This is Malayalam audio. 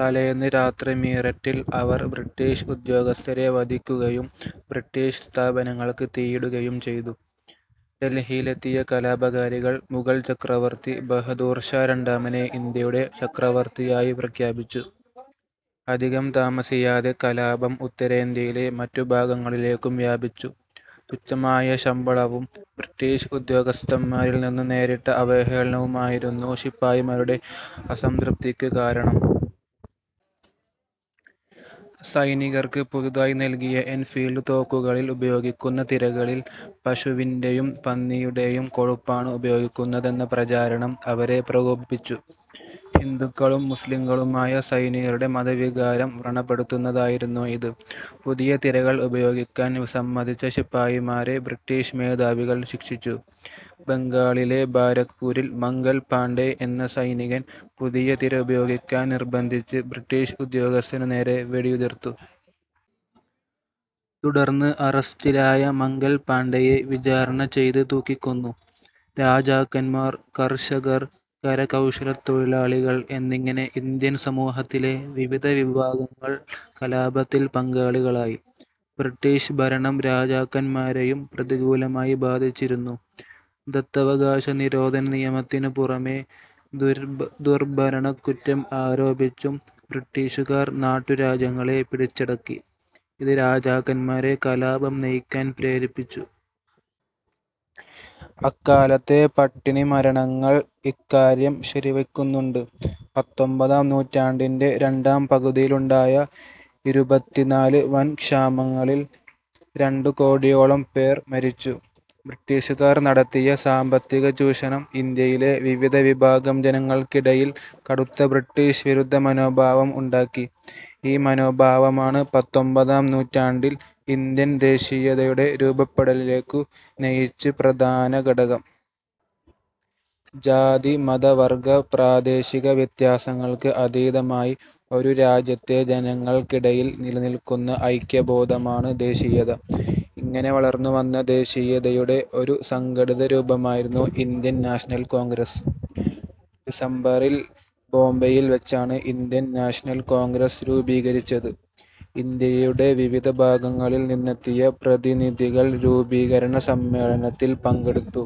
തലേന്ന് രാത്രി മീററ്റിൽ അവർ ബ്രിട്ടീഷ് ഉദ്യോഗസ്ഥരെ വധിക്കുകയും ബ്രിട്ടീഷ് സ്ഥാപനങ്ങൾക്ക് തീയിടുകയും ചെയ്തു. ഡൽഹിയിലെത്തിയ കലാപകാരികൾ മുഗൾ ചക്രവർത്തി ബഹദൂർഷാ രണ്ടാമനെ ഇന്ത്യയുടെ ചക്രവർത്തിയായി പ്രഖ്യാപിച്ചു. അധികം താമസിയാതെ കലാപം ഉത്തരേന്ത്യയിലെ മറ്റു ഭാഗങ്ങളിലേക്കും വ്യാപിച്ചു. തുച്ഛമായ ശമ്പളവും ബ്രിട്ടീഷ് ഉദ്യോഗസ്ഥന്മാരിൽനിന്നു നേരിട്ട അവഹേളനവുമായിരുന്നു ശിപായിമാരുടെ അസംതൃപിക്ക് കാരണം. സൈനികർക്ക് പുതുതായി നൽകിയ എൻഫീൽഡ് തോക്കുകളിൽ ഉപയോഗിക്കുന്ന തിരകളിൽ പശുവിന്റെയും പന്നിയുടെയും കൊഴുപ്പാണ് ഉപയോഗിക്കുന്നതെന്ന പ്രചാരണം അവരെ പ്രകോപിപ്പിച്ചു. ഹിന്ദുക്കളും മുസ്ലിംകളുമായ സൈനികരുടെ മതവികാരം വ്രണപ്പെടുത്തുന്നതായിരുന്നു ഇത്. പുതിയ തിരകൾ ഉപയോഗിക്കാൻ വിസമ്മതിച്ച ശിപായിമാരെ ബ്രിട്ടീഷ് മേധാവികൾ ശിക്ഷിച്ചു. ബംഗാളിലെ ബാരക്പൂരിൽ മംഗൽ പാണ്ഡെ എന്ന സൈനികൻ പുതിയ തിര ഉപയോഗിക്കാൻ നിർബന്ധിച്ച് ബ്രിട്ടീഷ് ഉദ്യോഗസ്ഥനുനേരെ വെടിയുതിർത്തു. തുടർന്ന് അറസ്റ്റിലായ മംഗൽപാണ്ഡെയെ വിചാരണ ചെയ്ത് തൂക്കിക്കൊന്നു. രാജാക്കന്മാർ, കർഷകർ, കരകൗശലത്തൊഴിലാളികൾ എന്നിങ്ങനെ ഇന്ത്യൻ സമൂഹത്തിലെ വിവിധ വിഭാഗങ്ങൾ കലാപത്തിൽ പങ്കാളികളായി. ബ്രിട്ടീഷ് ഭരണം രാജാക്കന്മാരെയും പ്രതികൂലമായി ബാധിച്ചിരുന്നു. ദത്തവകാശ നിരോധന നിയമത്തിനുപുറമെ ദുർഭരണക്കുറ്റം ആരോപിച്ചും ബ്രിട്ടീഷുകാർ നാട്ടു രാജ്യങ്ങളെ പിടിച്ചടക്കി. ഇത് രാജാക്കന്മാരെ കലാപം നയിക്കാൻ പ്രേരിപ്പിച്ചു. അക്കാലത്തെ പട്ടിണിമരണങ്ങൾ ഇക്കാര്യം ശരിവയ്ക്കുന്നുണ്ട്. പത്തൊമ്പതാം നൂറ്റാണ്ടിന്റെ രണ്ടാംപകുതിയിലുണ്ടായ ഇരുപത്തിനാല് വൻ ക്ഷാമങ്ങളിൽ രണ്ടു കോടിയോളം പേർ മരിച്ചു. ബ്രിട്ടീഷുകാർ നടത്തിയ സാമ്പത്തികചൂഷണം ഇന്ത്യയിലെ വിവിധ വിഭാഗം ജനങ്ങൾക്കിടയിൽ കടുത്ത ബ്രിട്ടീഷ് വിരുദ്ധ മനോഭാവം ഉണ്ടാക്കി. ഈ മനോഭാവമാണ് പത്തൊമ്പതാം നൂറ്റാണ്ടിൽ ഇന്ത്യൻ ദേശീയതയുടെ രൂപപ്പെടലിലേക്കു നയിച്ച് പ്രധാന ഘടകം. ജാതി-മത- വർഗ-പ്രാദേശിക വ്യത്യാസങ്ങൾക്ക് അതീതമായി ഒരു രാജ്യത്തെ ജനങ്ങൾക്കിടയിൽ നിലനിൽക്കുന്ന ഐക്യ ബോധമാണ് ദേശീയത. ഇങ്ങനെ വളർന്നുവന്ന ദേശീയതയുടെ ഒരു സംഘടിതരൂപമായിരുന്നു ഇന്ത്യൻ നാഷണൽ കോൺഗ്രസ്. ഡിസംബറിൽ ബോംബെയിൽ വെച്ചാണ് ഇന്ത്യൻ നാഷണൽ കോൺഗ്രസ് രൂപീകരിച്ചത്. ഇന്ത്യയുടെ വിവിധ ഭാഗങ്ങളിൽ നിന്നെത്തിയ പ്രതിനിധികൾ രൂപീകരണ സമ്മേളനത്തിൽ പങ്കെടുത്തു.